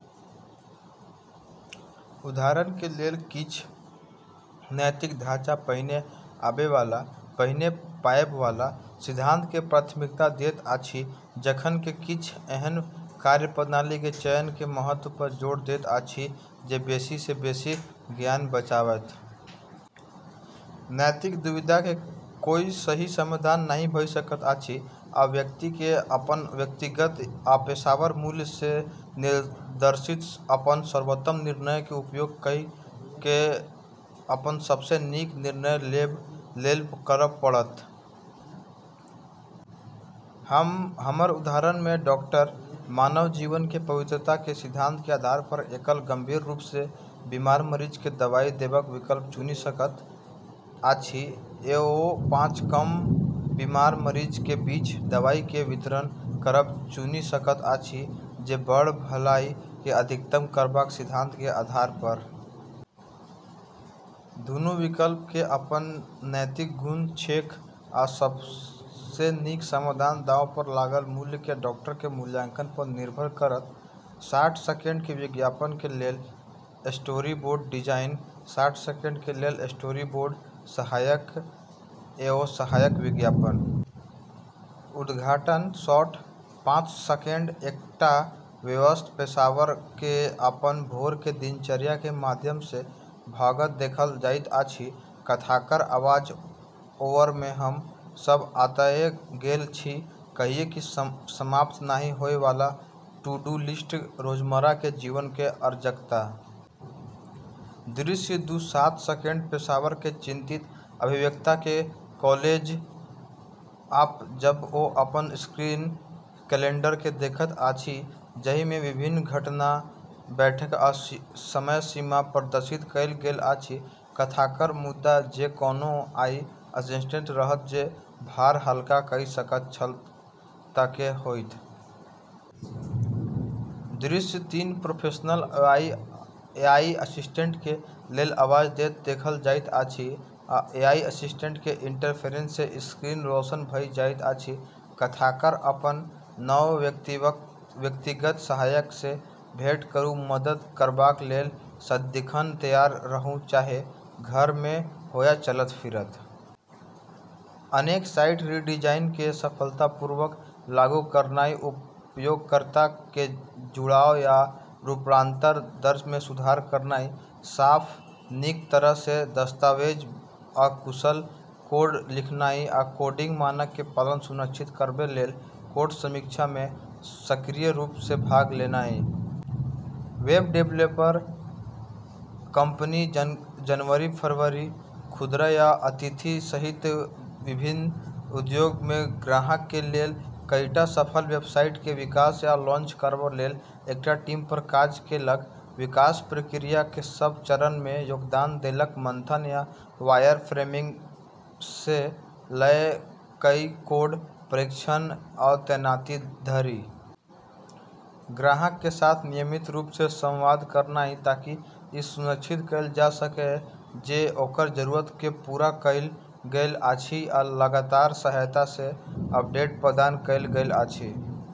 उदाहरण के लेल, किछ नैतिक ढाँचा पहिने आबय वाला, पहिने पाबय वाला सिद्धांत के प्राथमिकता दैत अछि, जखन कि किछ एहन कार्यप्रणाली के चयन के महत्व पर जोर दैत अछि जे बेसी सँ बेसी जान बचाएत। अंततः, नैतिक दुविधा के कोय सही समाधान नहि भ सकैत अछि, आ व्यक्ति के अपन व्यक्तिगत आ पेशेवर मूल्य सँ निर्देशित अपन सर्वोत्तम निर्णय के उपयोग कए कए अपन सबसँ नीक निर्णय लेबा लेल करब पड़त। हमर उदाहरण मे डाक्टर मानव जीवन के पवित्रता के सिद्धांत के आधार पर एकल गंभीर रूप सँ बीमार मरीज के दवाई देबाक विकल्प चुनी सकैत अछि, या ओ पाँच कम बीमार मरीज के बीच दवाई के वितरण करब चुनी सकैत अछि, जे बड़ भलाई के अधिकतम करबाक सिद्धांत के आधार पर। दूनू विकल्प के अपन नैतिक गुण छैक, आ सबसँ नीक समाधान दांव पर लागल मूल्य के डाक्टर के मूल्यांकन पर निर्भर करत। साठ सेकेंड के विज्ञापन के लेल स्टोरीबोर्ड डिजाइन। साठ सेकंड के लेल स्टोरीबोर्ड सहायक एआई सहायक विज्ञापन। उद्घाटन शॉट पाँच सेकंड एकटा व्यस्त पेशेवर के अपन भोर के दिनचर्या के माध्यम सँ भागैत देखल जाइत अछि। कथाकार आवाज-ओवर हम सब ओतय गेल छी, कहियो समाप्त नहि होय वाला टू-डू लिस्ट, रोजमर्रा के जीवन के अराजकता। दृश्य दू सात सेकंड पेशेवर के चिंतित अभिव्यक्ति के क्लोज अप जब ओ अपन स्क्रीन कैलेंडर के देखैत अछि जाहि मे विभिन्न घटना, बैठक आ समय सीमा प्रदर्शित कएल गेल अछि। कथाकार मुदा जँ कोनो एआई असिस्टेंट रहैत जे भार हल्का कए सकैत छल त क की होइत। दृश्य तीन प्रोफेशनल एआई असिस्टेंट के लेल आवाज दैत देखल जाइत अछि आ एआई असिस्टेंट के इंटरफेस सँ स्क्रीन रोशन भ जाइत अछि। कथाकार अपन नव व्यक्तिगत सहायक सँ भेंट करू मदद करबाक लेल सदिखन तैयार रहू, चाहे घर मे हो वा चलैत-फिरैत। अनेक साइट रीडिजाइन के सफलतापूर्वक लागू करनाय, उपयोगकर्ता के जुड़ाव आ रूपांतरण दर मे सुधार करनाय। साफ, नीक तरह सँ दस्तावेजबद्ध, आ कुशल कोड लिखनाय आ कोडिंग मानक के पालन सुनिश्चित करबा लेल कोड समीक्षा मे सक्रिय रूप सँ भाग लेनाय। वेब डेवलपर, एक्सवाईजेड कंपनी जनवरी फरवरी। खुदरा आ आतिथ्य सहित विभिन्न उद्योग मे ग्राहक के लेल कईटा सफल वेबसाइट के विकास आ लॉन्च करबा लेल एकटा टीम पर काज केलक। विकास प्रक्रिया के सब चरण मे योगदान देलक, मंथन आ वायरफ्रेमिंग सँ लए कए कोडिंग, परीक्षण, आ तैनाती धरि। ग्राहक के साथ नियमित रूप सँ संवाद करनाय ताकि ई सुनिश्चित कएल जा सकए जे ओकर जरूरत के पूरा कएल गेल अछि आ लगातार सहायता आ अपडेट प्रदान कएल गेल अछि।